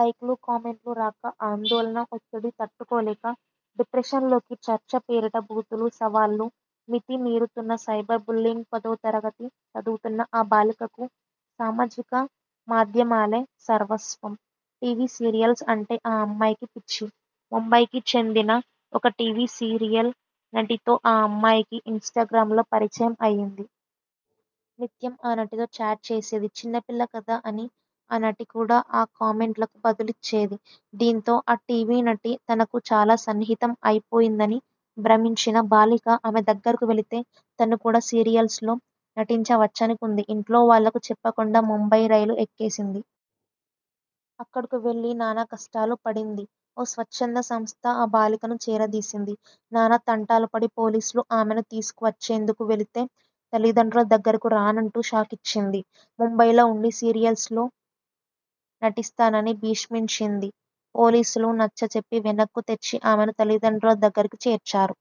లైక్లు, కామెంట్లు రాక ఆందోళన ఒత్తిడి తట్టుకోలేక డిప్రెషన్లోకి చర్చ పేరిట బూతులు, సవాళ్లు మితి మీరుతున్న సైబర్ బుల్లీయింగ్పదోతరగతి చదువుతున్న ఆ బాలికకు సామాజిక మాధ్యమాలే సర్వస్వం. టీవీ సీరియల్స్ అంటే ఆ అమ్మాయికి పిచ్చి. ముంబైకి చెందిన ఒక టీవీ సీరియల్ నటితో ఆ అమ్మాయికి ఇన్స్టాగ్రామ్లో పరిచయం అయింది. నిత్యం ఆ నటితో చాట్ చేసేది. చిన్నపిల్ల కదా అని ఆ నటి కూడా ఆ కామెంట్లకు బదులిచ్చేది. దీంతో ఆ టీవీ నటి తనకు చాలా సన్నిహితం అయిపోయిందని భ్రమించిన బాలిక ఆమె దగ్గరకు వెళితే తను కూడా సీరియల్స్లో నటించ వచ్చనుకుంది. ఇంట్లో వాళ్లకు చెప్పకుండా ముంబై రైలు ఎక్కేసింది. అక్కడకు వెళ్లి నానా కష్టాలూ పడింది. ఓ స్వచ్ఛంద సంస్థ ఆ బాలికను చేరదీసింది. నానా తంటాలు పడి పోలీసులు ఆమెను తీసుకు వచ్చేందుకు వెళితే తల్లిదండ్రుల దగ్గరకు రానంటూ షాకిచ్చింది. ముంబైలో వుండి సీరియల్స్లో నటిస్తానని భీష్మించింది. పోలీసులు నచ్చ చెప్పి వెనక్కు తెచ్చి ఆమెను తల్లిదండ్రుల దగ్గరకు చేర్చారు.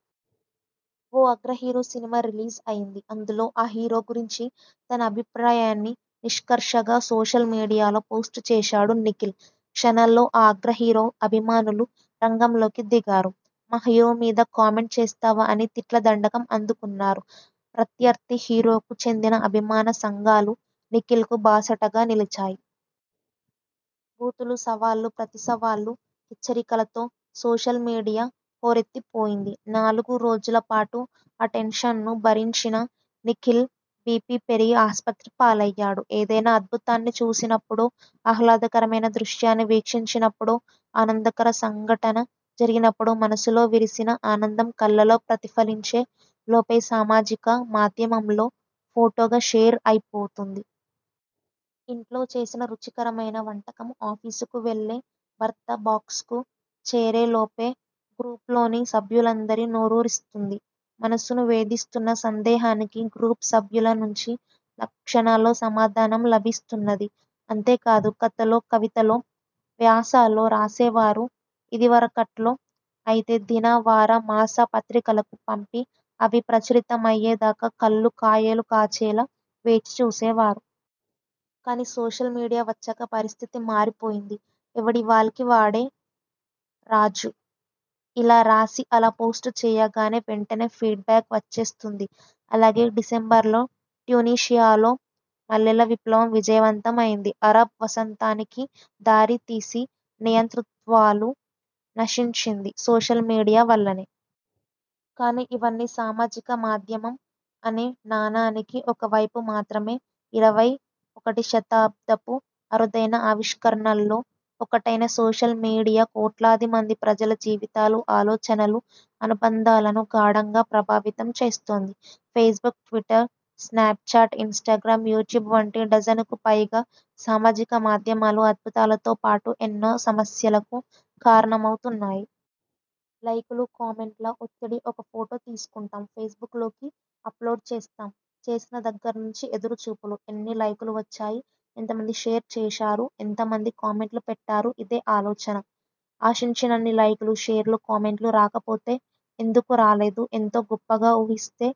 ఓ అగ్రహీరో సినిమా రిలీజ్ అయింది. అందులో ఆ హీరో గురించి తన అభిప్రాయాన్ని నిష్కర్షగా సోషల్ మీడియాలో పోస్ట్ చేశాడు నిఖిల్. క్షణాల్లో ఆ అగ్రహీరో అభిమానులు రంగంలోకి దిగారు. మా హీరో మీద కామెంట్ చేస్తావా అని తిట్ల దండకం అందుకున్నారు. ప్రత్యర్థి హీరోకు చెందిన అభిమాన సంఘాలు నిఖిల్కు బాసటగా నిలిచాయి. బూతులు, సవాళ్లు, ప్రతిసవాళ్లు, హెచ్చరికలతో సోషల్మీడియా హోరెత్తిపోయింది. నాలుగు రోజుల పాటు ఆ టెన్షన్ను భరించిన నిఖిల్ బీపీ పెరిగి ఆస్పత్రి పాలయ్యాడు. ఏదైనా అద్భుతాన్ని చూసినప్పుడో ఆహ్లాదకరమైన దృశ్యాన్ని వీక్షించినప్పుడో ఆనందకర సంఘటన జరిగినప్పుడో మనసులో విరిసిన ఆనందం కళ్లలో ప్రతిఫలించే లోపే సామాజిక మాధ్యమంలో ఫోటోగా షేర్ అయిపోతుంది. ఇంట్లో చేసిన రుచికరమైన వంటకం ఆఫీసుకు వెళ్లే భర్త బాక్స్కు చేరేలోపే గ్రూప్లోని సభ్యులందరి నోరూరిస్తుంది. మనసును వేధిస్తున్న సందేహానికి గ్రూప్ సభ్యుల నుంచి క్షణాల్లో సమాధానం లభిస్తున్నది. అంతేకాదు కథలో కవితలో వ్యాసాలో రాసేవారు ఇదివరకట్లో అయితే దిన, వార, మాస పత్రికలకు పంపి అవి ప్రచురితమయ్యేదాకా కళ్లు కాయలు కాచేలా వేచి చూసేవారు. కానీ సోషల్ మీడియా వచ్చాక పరిస్థితి మారిపోయింది. 'ఎవడి వాల్కి వాడే రాజు. ' ఇలా రాసి అలా పోస్ట్ చేయగానే వెంటనే ఫీడ్ బ్యాక్ వచ్చేస్తుంది. అలాగే డిసెంబరులో ట్యునీషియాలో మల్లెల విప్లవం విజయవంతమైంది అరబ్ వసంతానికి దారి తీసి నియంతృత్వాలు నశించింది సోషల్ మీడియా వల్లనే! కానీ ఇవన్నీ సామాజిక మాధ్యమం అనే నాణానికి ఒక వైపు మాత్రమే! ఇరవై ఒకటి శతాబ్దపు అరుదైన ఆవిష్కరణల్లో ఒకటైనసోషల్ మీడియా కోట్లాది మంది ప్రజల జీవితాలు, ఆలోచనలు, అనుబంధాలను గాఢంగా ప్రభావితం చేస్తోంది. Facebook, Twitter, Snapchat, Instagram, YouTube వంటి డజనుకు పైగా సామాజిక మాధ్యమాలు అద్భుతాలతోపాటు ఎన్నో సమస్యలకూ కారణమవుతున్నాయి. లైకులు కామెంట్ల ఒత్తిడి ఒక ఫొటో తీసుకుంటాం ఫేస్బుక్లోకి అప్లోడ్ చేస్తాం. చేసిన దగ్గర్నుంచీ ఎదురుచూపులు! ఎన్ని లైకులు వచ్చాయి ఎంత మంది షేర్ చేశారు ఎంత మంది కామెంట్లు పెట్టారు ఇదే ఆలోచన! ఆశించినన్ని లైకులు, షేర్లు, కామెంట్లు రాకపోతే ఎందుకు రాలేదు? ఎంతో గొప్పగా ఊహిస్తే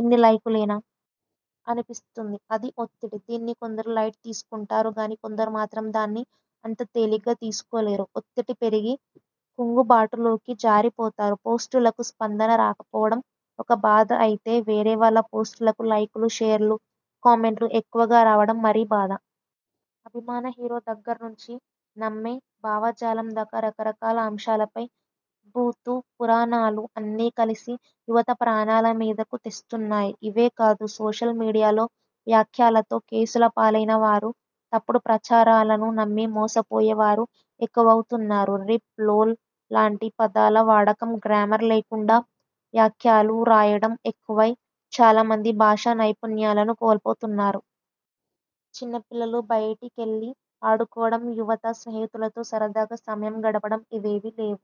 ఇన్నిలైకులేనా? అనిపిస్తుంది. అది ఒత్తిడి. దీన్ని కొందరు లైట్ తీసుకుంటారు గానీ కొందరు మాత్రం దాన్ని అంత తేలిగ్గా తీసుకోలేరు. ఒత్తిడి పెరిగి కుంగుబాటు లోకి జారిపోతారు. పోస్టులకు స్పందన రాకపోవడం ఒక బాధ అయితే వేరేవాళ్ల పోస్టులకు లైకులు, షేర్లు, కామెంట్లు ఎక్కువగా రావడం మరీ బాధ! అభిమాన హీరో దగ్గర్నుంచీ నమ్మే భావజాలం దాకా రకరకాల అంశాలపై బూతు పురాణాలు, అన్నీ కలిసి యువత ప్రాణాల మీదకు తెస్తున్నాయి. ఇవే కాదు.. సోషల్ మీడియాలో వ్యాక్యాలతో కేసులపాలైనవారు.. తప్పుడు ప్రచారాలను నమ్మి మోసపోయేవారు ఎక్కువవుతున్నారు. రిప్, లోల్ లాంటి పదాల వాడకం గ్రామర్ లేకుండా వ్యాక్యాలు రాయడం ఎక్కువై చాలా మంది భాషా నైపుణ్యాలను కోల్పోతున్నారు. చిన్నపిల్లలు బయటికెళ్లి ఆడుకోవడం యువత స్నేహితులతో సరదాగా సమయం గడపడం ఇవేవీ లేవు.